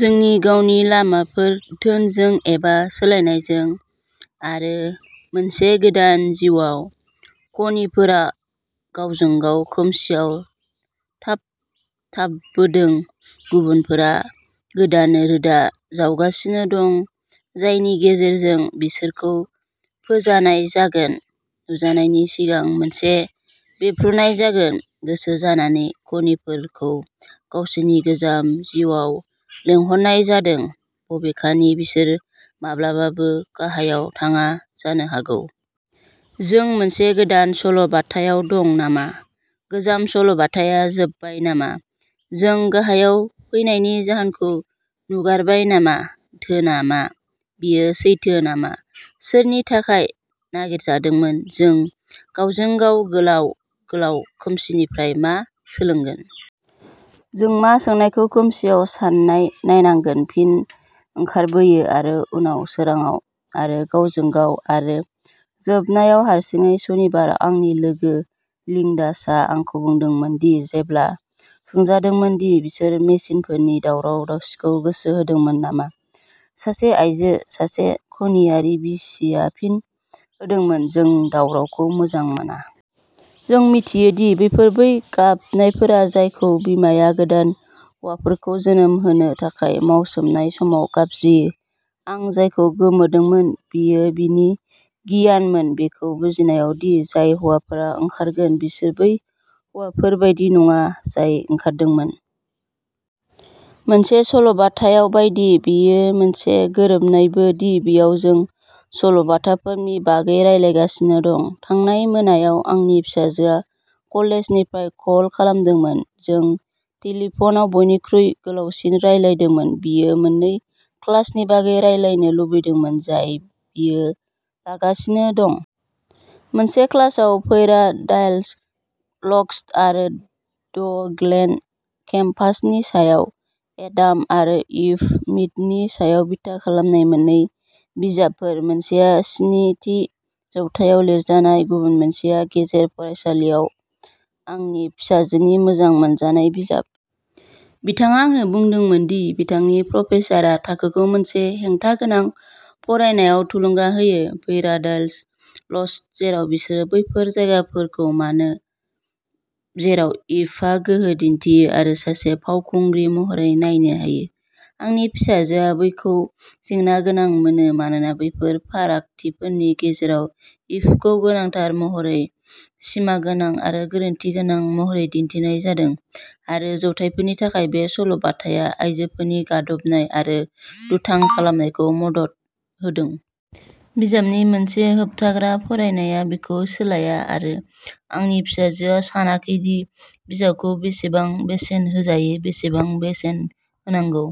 जोंनि गावनि लामाफोर, धोनजों, एबा सोलायनायजों, आरो मोनसे गोदान जिउआव। खनिकफोरा गावजों-गाव खोमसिआव थाबथाबोदों। गुबुनफोरा गोदान रोदा जावगासिनो दं जायनि गेजेरजों बिसोरखौ फोजानाय जागोन। नुजानायनि सिगां, मोनसे बेरफ्रुनाय जागोन, गोसोजानानै। खनिकफोरखौ गावसोरनि गोजाम जिउआव लिंहरनाय जादों, बबेखानि बिसोरो माब्लाबाबो गाहायाव थाङा जानो हागौ। जों मोनसे गोदान सल' बाथायाव दं नामा? गोजाम सल' बाथाया जोबबाय नामा? जों गाहायाव फैनायनि जाहोनखौ नुगारबाय नामा? धोनआ मा? बेयो सैथो नामा? सोरनि थाखाय नागिरजादोंमोन? जों गावजों-गाव गोलाव, गोलाव खोमसिनिफ्राय मा सोलोंगोन? जों मा सोंनायखौ खोमसिआव सानना नायनांगौ, फिन ओंखारबोयो आरो उनाव सोरांआव? आरो गावजों-गाव? आरो, जोबनायाव, हारसिङै? सनिबाराव, आंनि लोगो लिंडसाया आंखौ बुंदोंमोन दि जेब्ला सोंजादोंमोन दि बिसोर मेसिनफोरनि दावराव-दावसिखौ गोसो होदों नामा, सासे आइजो, सासे खनियारिनि बिसिआ फिन होदोंमोन जों दावरावखौ मोजां मोना। जों मिथियो दि बेफोर बै गाबनायफोर जायखौ बिमाया गोदान हौवाफोरखौ जोनोम होनो थाखाय मावसोमनाय समाव गाबज्रियो। आं जायखौ गोमोदोंमोन बेयो बिनि गियानमोन बेखौ बुजिनायाव दि जाय हौवाफोरा ओंखारगोन बिसोर बै हौवाफोर बायदि नङा जाय ओंखारदोंमोन। मोनसे सल'बाथायाव बायदि। बेयो मोनसे गोरोबनायबो दि बेयाव जों सल'बाथाफोरनि बागै रायज्लायगासिनो दं। थांनाय मोनायाव आंनि फिसाजोआ कलेजनिफ्राय कल खालामदोंमोन। जों टेलिफनाव बयनिख्रुइ गोलावसिन रायज्लायदोंमोन। बियो मोननै क्लासनि बागै रायज्लायनो लुबैदोंमोन, जाय बियो लागासिनो दं। मोनसे क्लासआ पैराडाइज लस्ट आरो द गल्डेन केम्पास नि सायाव, एडाम आरो इभ मिथनि सायाव बिथा खालामनाय मोन्नै बिजाबफोर, मोनसेया जिस्नि थि जौथायाव लिरजानाय, गुबुन मोनसेया गेजेर फरायसालिआव आंनि फिसाजोनि मोजां मोनजानाय बिजाब। बिथाङा आंनो बुंदोंमोन दि बिथांनि प्रफेसारआ थाखोखौ मोनसे हेंथा गोनां फरायनायाव थुलुंगा होयो। पैराडाइज लस्ट जेराव बिसोर बैफोर जायगाफोरखौ मोनो जेराव इभआ गोहो दिन्थियो आरो सासे फावखुंग्रि महरै नायनो हायो। आंनि फिसाजोआ बेखौ जेंना गोनां मोनो, मानोना, बेफोर फारागथिफोरनि गेजेरावबो, इभखौ गोनांथार महरै सिमागोनां आरो गोरोन्थि गोनां महरै दिन्थिनाय जादों, आरो जौथायफोरनि थाखाय बे सल'बाथाया आइजोफोरनि गादबनाय आरो दुथां खालामनायखौ मदद होदों। बिजाबनि मोनसे होबथाग्रा फरायनाया बेखौ सोलाया, आरो आंनि फिसाजोआ सानाखै दि बिजाबखौ जेसेबां बेसेन होजायो एसेबां बेसेन होनांगौ।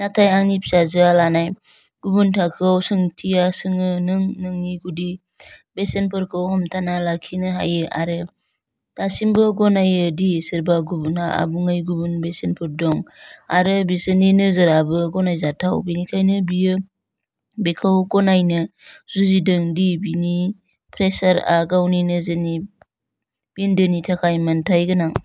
नाथाय आंनि फिसाजोआ लानाय गुबुन थाखोयाव, सोंथिया सोङो नों नोंनि गुदि बेसेनफोरखौ हमथाना लाखिनो हायो आरो दासिमबो गनायो दि सोरबा गुबुनहा आबुङै गुबुन बेसेनफोर दं आरो बिसोरनि नोजोरआबो गनायजाथाव बेनिखायनो बियो बेखौ गनायनो जुजिदों दि बिनि प्रफेसारआ गावनि नोजोरनि बिन्दोनि थाखाय मोनथाय गोनां।